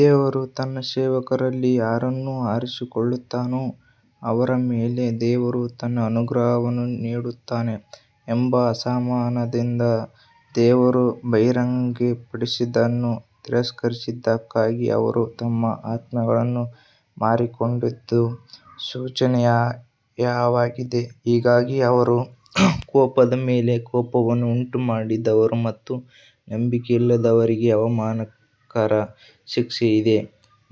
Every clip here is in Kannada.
ದೇವರು ತನ್ನ ಸೇವಕರಲ್ಲಿ ಯಾರನ್ನು ಆರಿಸಿಕೊಳ್ಳುತ್ತಾನೋ ಅವರ ಮೇಲೆ ದೇವರು ತನ್ನ ಅನುಗ್ರಹವನ್ನು ನೀಡುತ್ತಾನೆ ಎಂಬ ಅಸಮಾಧಾನದಿಂದ ದೇವರು ಬಹಿರಂಗಪಡಿಸಿದ್ದನ್ನು ತಿರಸ್ಕರಿಸಿದ್ದಕ್ಕಾಗಿ ಅವರು ತಮ್ಮ ಆತ್ಮಗಳನ್ನು ಮಾರಿಕೊಂಡದ್ದು ಶೋಚನೀಯವಾಗಿದೆ ಹೀಗಾಗಿ ಅವರು ಕೋಪದ ಮೇಲೆ ಕೋಪವನ್ನು ಉಂಟುಮಾಡಿದರು ಮತ್ತು ನಂಬಿಕೆಯಿಲ್ಲದವರಿಗೆ ಅವಮಾನಕರ ಶಿಕ್ಷೆ ಇದೆ.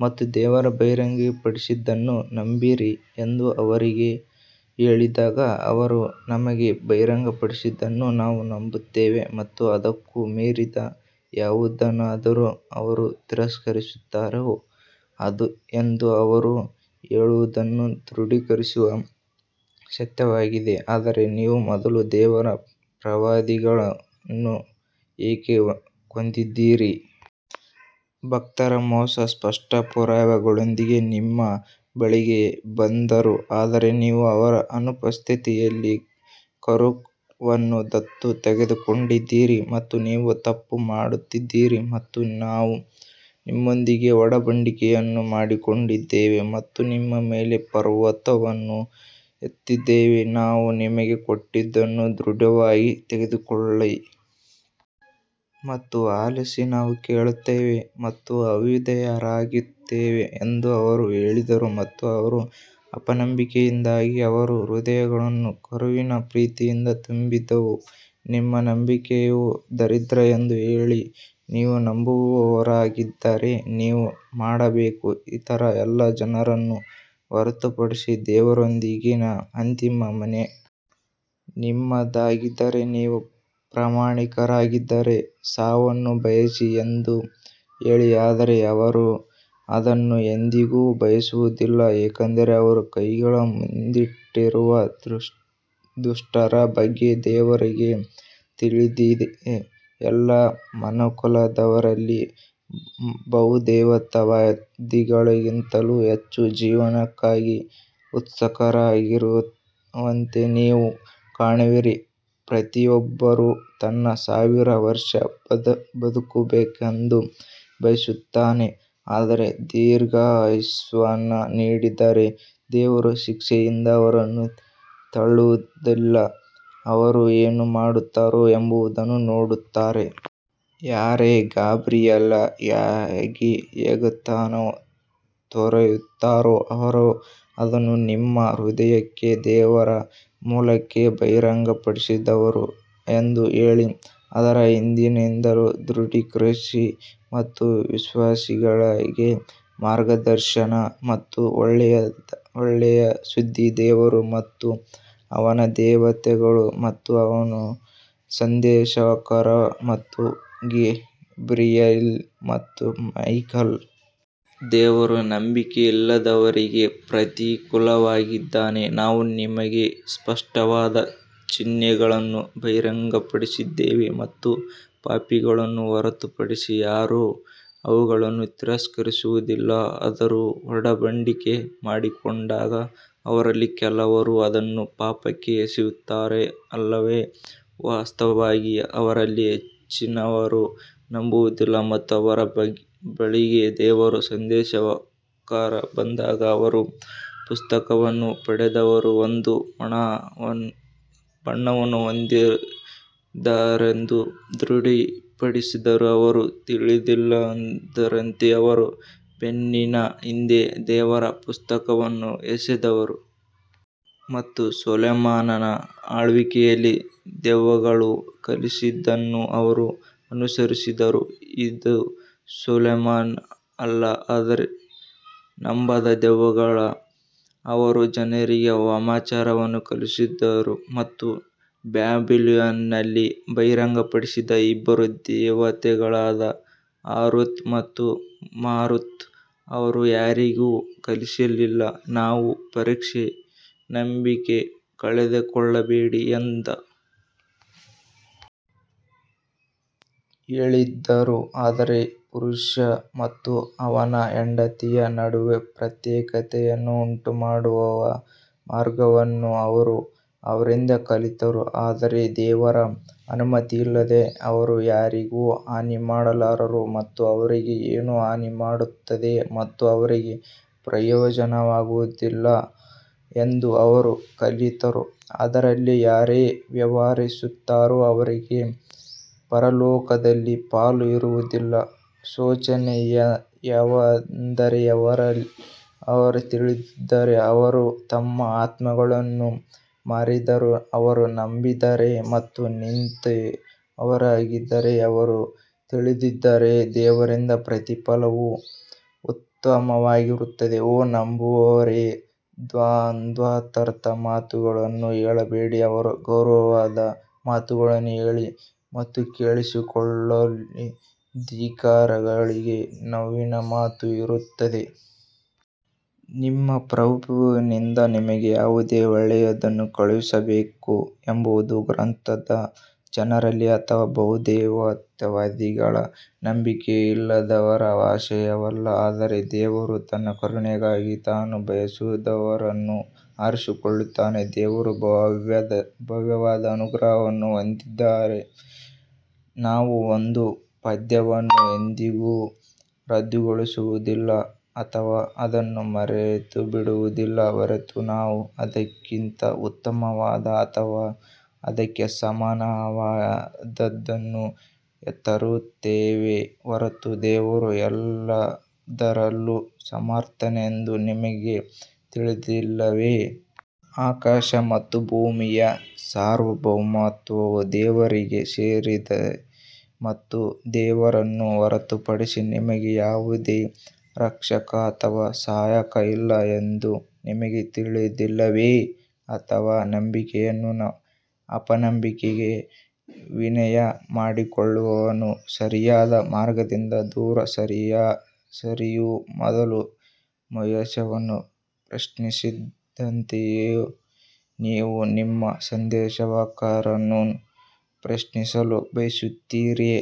ಮತ್ತು ದೇವರು ಬಹಿರಂಗಪಡಿಸಿದ್ದನ್ನು ನಂಬಿರಿ ಎಂದು ಅವರಿಗೆ ಹೇಳಿದಾಗ ಅವರು ನಮಗೆ ಬಹಿರಂಗಪಡಿಸಿದ್ದನ್ನು ನಾವು ನಂಬುತ್ತೇವೆ ಮತ್ತು ಅದಕ್ಕೂ ಮೀರಿದ ಯಾವುದನ್ನಾದರೂ ಅವರು ತಿರಸ್ಕರಿಸುತ್ತಾರೆ ಎಂದು ಅವರು ಹೇಳುವುದನ್ನು ದೃಢೀಕರಿಸುವ ಸತ್ಯವಾಗಿದೆ ಆದರೆ ನೀವು ಮೊದಲು ದೇವರ ಪ್ರವಾದಿಗಳನ್ನು ಏಕೆ ಕೊಂದಿದ್ದೀರಿ. ಭಕ್ತರ ಮೂಸಾ ಸ್ಪಷ್ಟ ಪುರಾವೆಗಳೊಂದಿಗೆ ನಿಮ್ಮ ಬಳಿಗೆ ಬಂದರು ಆದರೆ ನೀವು ಅವರ ಅನುಪಸ್ಥಿತಿಯಲ್ಲಿ ಕರುವನ್ನು ದತ್ತು ತೆಗೆದುಕೊಂಡಿದ್ದೀರಿ ಮತ್ತು ನೀವು ತಪ್ಪು ಮಾಡುತ್ತಿದ್ದೀರಿ ಮತ್ತು ನಾವು ನಿಮ್ಮೊಂದಿಗೆ ಒಡಂಬಡಿಕೆಯನ್ನು ಮಾಡಿಕೊಂಡಿದ್ದೇವೆ ಮತ್ತು ನಿಮ್ಮ ಮೇಲೆ ಪರ್ವತವನ್ನು ಎತ್ತಿದ್ದೇವೆ ನಾವು ನಿಮಗೆ ಕೊಟ್ಟಿದ್ದನ್ನು ದೃಢವಾಗಿ ತೆಗೆದುಕೊಳ್ಳಿ ಮತ್ತು ಆಲಿಸಿ ನಾವು ಕೇಳುತ್ತೇವೆ ಮತ್ತು ಅವಿಧೇಯರಾಗುತ್ತೇವೆ ಎಂದು ಅವರು ಹೇಳಿದರು ಮತ್ತು ಅವರ ಅಪನಂಬಿಕೆಯಿಂದಾಗಿ ಅವರ ಹೃದಯಗಳು ಕರುವಿನ ಪ್ರೀತಿಯಿಂದ ತುಂಬಿದವು ನಿಮ್ಮ ನಂಬಿಕೆಯು ದರಿದ್ರ ಎಂದು ಹೇಳಿ ನೀವು ನಂಬುವವರಾಗಿದ್ದರೆ ನೀವು ಮಾಡಬೇಕು ಇತರ ಎಲ್ಲ ಜನರನ್ನು ಹೊರತುಪಡಿಸಿ ದೇವರೊಂದಿಗಿನ ಅಂತಿಮ ಮನೆ ನಿಮ್ಮದಾಗಿದ್ದರೆ ನೀವು ಪ್ರಾಮಾಣಿಕರಾಗಿದ್ದರೆ ಸಾವನ್ನು ಬಯಸಿ ಎಂದು ಹೇಳಿ ಆದರೆ ಅವರು ಅದನ್ನು ಎಂದಿಗೂ ಬಯಸುವುದಿಲ್ಲ ಏಕೆಂದರೆ ಅವರ ಕೈಗಳು ಮುಂದಿಟ್ಟಿರುವ ದುಷ್ಟರ ಬಗ್ಗೆ ದೇವರಿಗೆ ತಿಳಿದಿದೆ ಎಲ್ಲಾ ಮನುಕುಲದವರಲ್ಲಿ ಬಹುದೇವತಾವಾದಿಗಳಿಗಿಂತಲೂ ಹೆಚ್ಚು ಜೀವನಕ್ಕಾಗಿ ಉತ್ಸುಕರಾಗಿರುವಂತೆ ನೀವು ಕಾಣುವಿರಿ ಪ್ರತಿಯೊಬ್ಬರೂ ತಾನು ಸಾವಿರ ವರ್ಷ ಬದುಕಬೇಕೆಂದು ಬಯಸುತ್ತಾನೆ ಆದರೆ ದೀರ್ಘಾಯುಷ್ಯವನ್ನು ನೀಡಿದರೆ ದೇವರು ಶಿಕ್ಷೆಯಿಂದ ಅವರನ್ನು ತಳ್ಳುವುದಿಲ್ಲ ಅವರು ಏನು ಮಾಡುತ್ತಾರೆ ಎಂಬುದನ್ನು ನೋಡುತ್ತಾರೆ. ಯಾರೇ ಗೇಬ್ರಿಯಲ್ಗೆ ಹಗೆತನ ತೋರುತ್ತಾರೋ ಅವರು ಅದನ್ನು ನಿಮ್ಮ ಹೃದಯಕ್ಕೆ ದೇವರ ಮೂಲಕ ಬಹಿರಂಗಪಡಿಸಿದವರು ಎಂದು ಹೇಳಿ ಅದರ ಹಿಂದಿನದನ್ನು ದೃಢೀಕರಿಸಿ ಮತ್ತು ವಿಶ್ವಾಸಿಗಳಿಗೆ ಮಾರ್ಗದರ್ಶನ ಮತ್ತು ಒಳ್ಳೆಯ ಸುದ್ದಿ ದೇವರು ಮತ್ತು ಅವನ ದೇವತೆಗಳು ಮತ್ತು ಅವನ ಸಂದೇಶವಾಹಕರು ಮತ್ತು ಗೇಬ್ರಿಯಲ್ ಮತ್ತು ಮೈಕೆಲ್ ದೇವರು ನಂಬಿಕೆಯಿಲ್ಲದವರಿಗೆ ಪ್ರತಿಕೂಲವಾಗಿದ್ದಾನೆ ನಾವು ನಿಮಗೆ ಸ್ಪಷ್ಟವಾದ ಚಿಹ್ನೆಗಳನ್ನು ಬಹಿರಂಗಪಡಿಸಿದ್ದೇವೆ ಮತ್ತು ಪಾಪಿಗಳನ್ನು ಹೊರತುಪಡಿಸಿ ಯಾರೂ ಅವುಗಳನ್ನು ತಿರಸ್ಕರಿಸುವುದಿಲ್ಲ ಅವರು ಒಡಂಬಡಿಕೆ ಮಾಡಿಕೊಂಡಾಗ ಅವರಲ್ಲಿ ಕೆಲವರು ಅದನ್ನು ಪಕ್ಕಕ್ಕೆ ಎಸೆಯುತ್ತಾರೆ ಅಲ್ಲವೇ ವಾಸ್ತವವಾಗಿ ಅವರಲ್ಲಿ ಹೆಚ್ಚಿನವರು ನಂಬುವುದಿಲ್ಲ ಮತ್ತು ಅವರ ಬಳಿಗೆ ದೇವರ ಸಂದೇಶವಾಹಕರು ಬಂದಾಗ ಅವರು ಪುಸ್ತಕವನ್ನು ಪಡೆದವರ ಒಂದು ಬಣವನ್ನು ಹೊಂದಿದ್ದಾರೆಂದು ದೃಢಪಡಿಸಿದರು ಅವರು ತಿಳಿದಿಲ್ಲದವರಂತೆ ಅವರ ಬೆನ್ನಿನ ಹಿಂದೆ ದೇವರ ಪುಸ್ತಕವನ್ನು ಎಸೆದರು. ಮತ್ತು ಸೊಲೊಮೋನನ ಆಳ್ವಿಕೆಯಲ್ಲಿ ದೆವ್ವಗಳು ಕಲಿಸಿದ್ದನ್ನು ಅವರು ಅನುಸರಿಸಿದರು ಇದು ಸೊಲೊಮನ್ ಅಲ್ಲ ಆದರೆ ನಂಬದ ದೆವ್ವಗಳು ಅವರು ಜನರಿಗೆ ವಾಮಾಚಾರವನ್ನು ಕಲಿಸಿದರು ಮತ್ತು ಬ್ಯಾಬಿಲೋನ್ನಲ್ಲಿ ಬಹಿರಂಗಪಡಿಸಿದ ಇಬ್ಬರು ದೇವತೆಗಳಾದ ಹಾರೂತ್ ಮತ್ತು ಮಾರುತ್ ಅವರು ಯಾರಿಗೂ ಕಲಿಸಲಿಲ್ಲ. ನಾವು ಪರೀಕ್ಷೆ ನಂಬಿಕೆ ಕಳೆದುಕೊಳ್ಳಬೇಡಿ ಎಂದು ಹೇಳಿದ್ದರು ಆದರೆ ಪುರುಷ ಮತ್ತು ಅವನ ಹೆಂಡತಿಯ ನಡುವೆ ಪ್ರತ್ಯೇಕತೆಯನ್ನು ಉಂಟುಮಾಡುವ ಮಾರ್ಗವನ್ನು ಅವರು ಅವರಿಂದ ಕಲಿತರು ಆದರೆ ದೇವರ ಅನುಮತಿಯಿಲ್ಲದೆ ಅವರು ಯಾರಿಗೂ ಹಾನಿ ಮಾಡಲಾರರು ಮತ್ತು ಅವರಿಗೆ ಏನು ಹಾನಿ ಮಾಡುತ್ತದೆ ಮತ್ತು ಅವರಿಗೆ ಪ್ರಯೋಜನವಾಗುವುದಿಲ್ಲ ಎಂದು ಅವರು ಕಲಿತರು ಅದರಲ್ಲಿ ಯಾರೇ ವ್ಯವಹರಿಸುತ್ತಾರೋ ಅವರಿಗೆ ಪರಲೋಕದಲ್ಲಿ ಪಾಲು ಇರುವುದಿಲ್ಲ ಶೋಚನೀಯವೆಂದರೆ ಅವರು ತಿಳಿದಿದ್ದರೆ ಅವರು ತಮ್ಮ ಆತ್ಮಗಳನ್ನು ಮಾರಿದರು ಅವರು ನಂಬಿದ್ದರೆ ಮತ್ತು ನೀತಿವಂತರಾಗಿದ್ದರೆ ಅವರು ತಿಳಿದಿದ್ದರೆ ದೇವರಿಂದ ಪ್ರತಿಫಲವು ಉತ್ತಮವಾಗಿರುತ್ತದೆ ಓ ನಂಬುವವರೇ ದ್ವಂದ್ವಾರ್ಥದ ಮಾತುಗಳನ್ನು ಹೇಳಬೇಡಿ ಆದರೆ ಗೌರವದ ಮಾತುಗಳನ್ನು ಹೇಳಿ ಮತ್ತು ಕೇಳಿಸಿಕೊಳ್ಳಿ ಧಿಕ್ಕಾರಿಗಳಿಗೆ ನೋವಿನ ಯಾತನೆ ಇರುತ್ತದೆ. ನಿಮ್ಮ ಪ್ರಭುವಿನಿಂದ ನಿಮಗೆ ಯಾವುದೇ ಒಳ್ಳೆಯದನ್ನು ಕಳುಹಿಸಬೇಕು ಎಂಬುದು ಗ್ರಂಥದ ಜನರಲ್ಲಿ ಅಥವಾ ಬಹುದೇವತಾವಾದಿಗಳ ನಂಬಿಕೆಯಿಲ್ಲದವರ ಆಶಯವಲ್ಲ ಆದರೆ ದೇವರು ತನ್ನ ಕರುಣೆಗಾಗಿ ತಾನು ಬಯಸಿದವರನ್ನು ಆರಿಸಿಕೊಳ್ಳುತ್ತಾನೆ ದೇವರು ಭವ್ಯವಾದ ಅನುಗ್ರಹವನ್ನು ಹೊಂದಿದ್ದಾನೆ. ನಾವು ಒಂದು ಪದ್ಯವನ್ನು ಎಂದಿಗೂ ರದ್ದುಗೊಳಿಸುವುದಿಲ್ಲ ಅಥವಾ ಅದನ್ನು ಮರೆತುಬಿಡುವುದಿಲ್ಲ ಹೊರತು ನಾವು ಅದಕ್ಕಿಂತ ಉತ್ತಮವಾದ ಅಥವಾ ಅದಕ್ಕೆ ಸಮಾನವಾದದ್ದನ್ನು ತರುತ್ತೇವೆಯೇ ಹೊರತು ದೇವರು ಎಲ್ಲದರಲ್ಲೂ ಸಮರ್ಥನೆಂದು ನಿಮಗೆ ತಿಳಿದಿಲ್ಲವೇ? ಆಕಾಶ ಮತ್ತು ಭೂಮಿಯ ಸಾರ್ವಭೌಮತ್ವವು ದೇವರಿಗೆ ಸೇರಿದೆ ಮತ್ತು ದೇವರನ್ನು ಹೊರತುಪಡಿಸಿ ನಿಮಗೆ ಯಾವುದೇ ರಕ್ಷಕ ಅಥವಾ ಸಹಾಯಕ ಇಲ್ಲ ಎಂದು ನಿಮಗೆ ತಿಳಿದಿಲ್ಲವೇ? ಅಥವಾ ನಂಬಿಕೆಯನ್ನು ಅಪನಂಬಿಕೆಗೆ ವಿನಿಮಯ ಮಾಡಿಕೊಳ್ಳುವವನು ಸರಿಯಾದ ಮಾರ್ಗದಿಂದ ದೂರ ಸರಿಯುವ ಮೊದಲು ಮೋಶೆಯನ್ನು ಪ್ರಶ್ನಿಸಿದಂತೆಯೇ ನೀವು ನಿಮ್ಮ ಸಂದೇಶವಾಹಕರನ್ನು ಪ್ರಶ್ನಿಸಲು ಬಯಸುತ್ತೀರಾ?